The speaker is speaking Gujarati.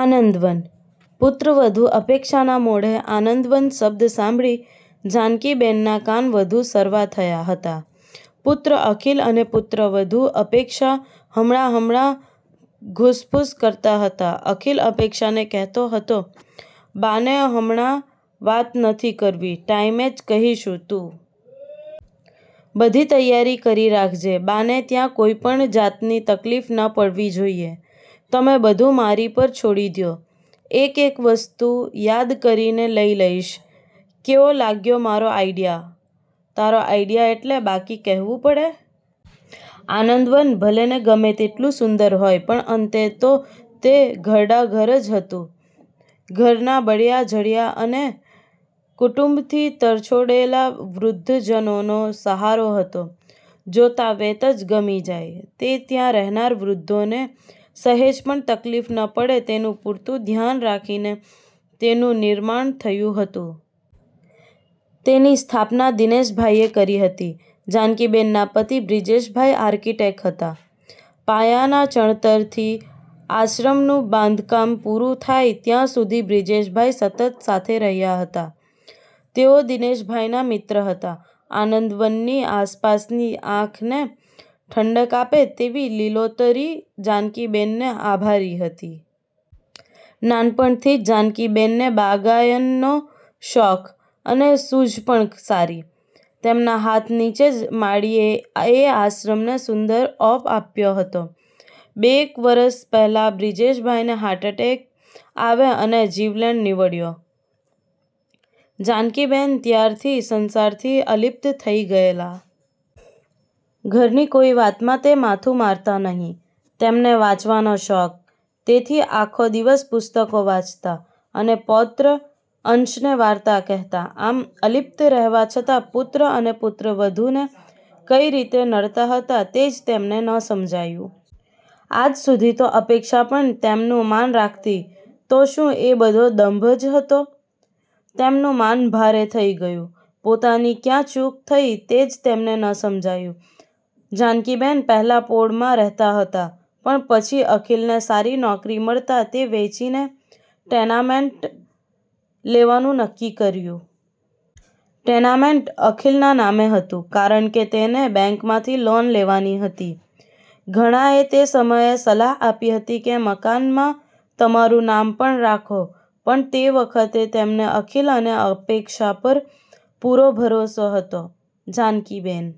આનંદવન: પુત્રવધુ અપેક્ષાના મોઢે 'આનંદવન' શબ્દ સાંભળી જાનકીબેનના કાન વધુ સરવા થયા હતા. પુત્ર અખિલ અને પુત્રવધુ અપેક્ષા હમણાં-હમણાં ઘૂસપુસ કરતા હતા. અખિલ અપેક્ષાને કહેતો હતો "બાને હમણાં વાત નથી કરવી, ટાઇમે જ કહીશું.તું બધી તૈયારી કરી રાખજે. બાને ત્યાં કોઇ પણ જાતની તકલીફ ન પડવી જોઇએ." "તમે બધું મારી પર છોડી દ્યો, એક-એક વસ્તું યાદ કરીને લઇ લઇશ." "કેવો લાગ્યો મારો આઇડિયા?" "તારો આઇડિયા એટલે બાકી કહેવું પડે." 'આનંદવન' ભલેને ગમે તેટલું સુંદર હોય પણ અંતે તો તે ઘરડાઘર જ હતું. ઘરના બળ્યા-ઝળ્યા અને કુટુંબથી તરછોડેલા વૃદ્ધજનોનો સહારો હતો, જોતા વેંત જ ગમી જાય, ને ત્યાં રહેનાર વૃધ્ધોને સહેજ પણ તકલીફ ન પડે તેનું પૂરતું ધ્યાન રાખીને તેનું નિર્માણ થયું હતું. તેની સ્થાપના દિનેશભાઇએ કરી હતી. જાનકીબેનના પતિ બ્રીજેશભાઈ આર્કિટેક હતા. પાયાના ચણતરથી આશ્રમનું બાંધકામ પૂરું થાય ત્યાં સુધી બ્રીજેશભાઇ સતત સાથે રહ્યા હતા. તેઓ દિનેશભાઇના મિત્ર હતા. આનંદવનની આસપાસની આંખને ઠંડક આપે તેવી લીલોતરી જાનકીબેનને આભારી હતી. નાનપણથી જ જાનકીબેનને બાગાયનનો શોખ, અને સૂઝ પણ સારી. તેમના હાથ નીચે જ માળીએ એ આશ્રમને સુંદર ઓપ આપ્યો હતો. બે'ક વરસ પહેલા બ્રીજેશભાઈને હાર્ટએટેક આવેલ અને જીવલેણ નીવડ્યો. જાનકીબેન ત્યારથી સંસારથી અલિપ્ત થઇ ગયેલા. ઘરની કોઈ વાતમાં તે માથું મારતા નહીં. તેમને વાંચવાનો શોખ, તેથી આખો દિવસ પુસ્તકો વાંચતા. અને પૌત્ર અંશને વાર્તા કહેતા. આમ અલિપ્ત રહેવા છતાં પુત્ર અને પુત્રવધુને કઈ રીતે નડતા હતા તે જ તેમને ન સમજાયું. આજ સુધી તો અપેક્ષા પણ તેમનું માન રાખતી. તો શું એ બધો દંભ જ હતો? તેમનું મન ભારે થઈ ગયુ. પોતાની ક્યાં ચૂક થઈ તે જ તેમને ન સમજાયું. જાનકીબેન પહેલા પોળમાં રહેતા હતા, પણ પછી અખિલને સારી નોકરી મળતા તે વેચીને ટેનામેન્ટ લેવાનું નક્કી કર્યું. ટેનામેન્ટ અખિલના નામે લીધું, કારણ કે તેને બેંકમાંથી લોન લેવાની હતી. ઘણાંએ તે સમયે સલાહ આપી હતી કે મકાનમાં તમારું નામ પણ રાખો, પણ તે વખતે તેમને અખિલ અને અપેક્ષા પર પૂરો ભરોસો હતો. જાનકીબેન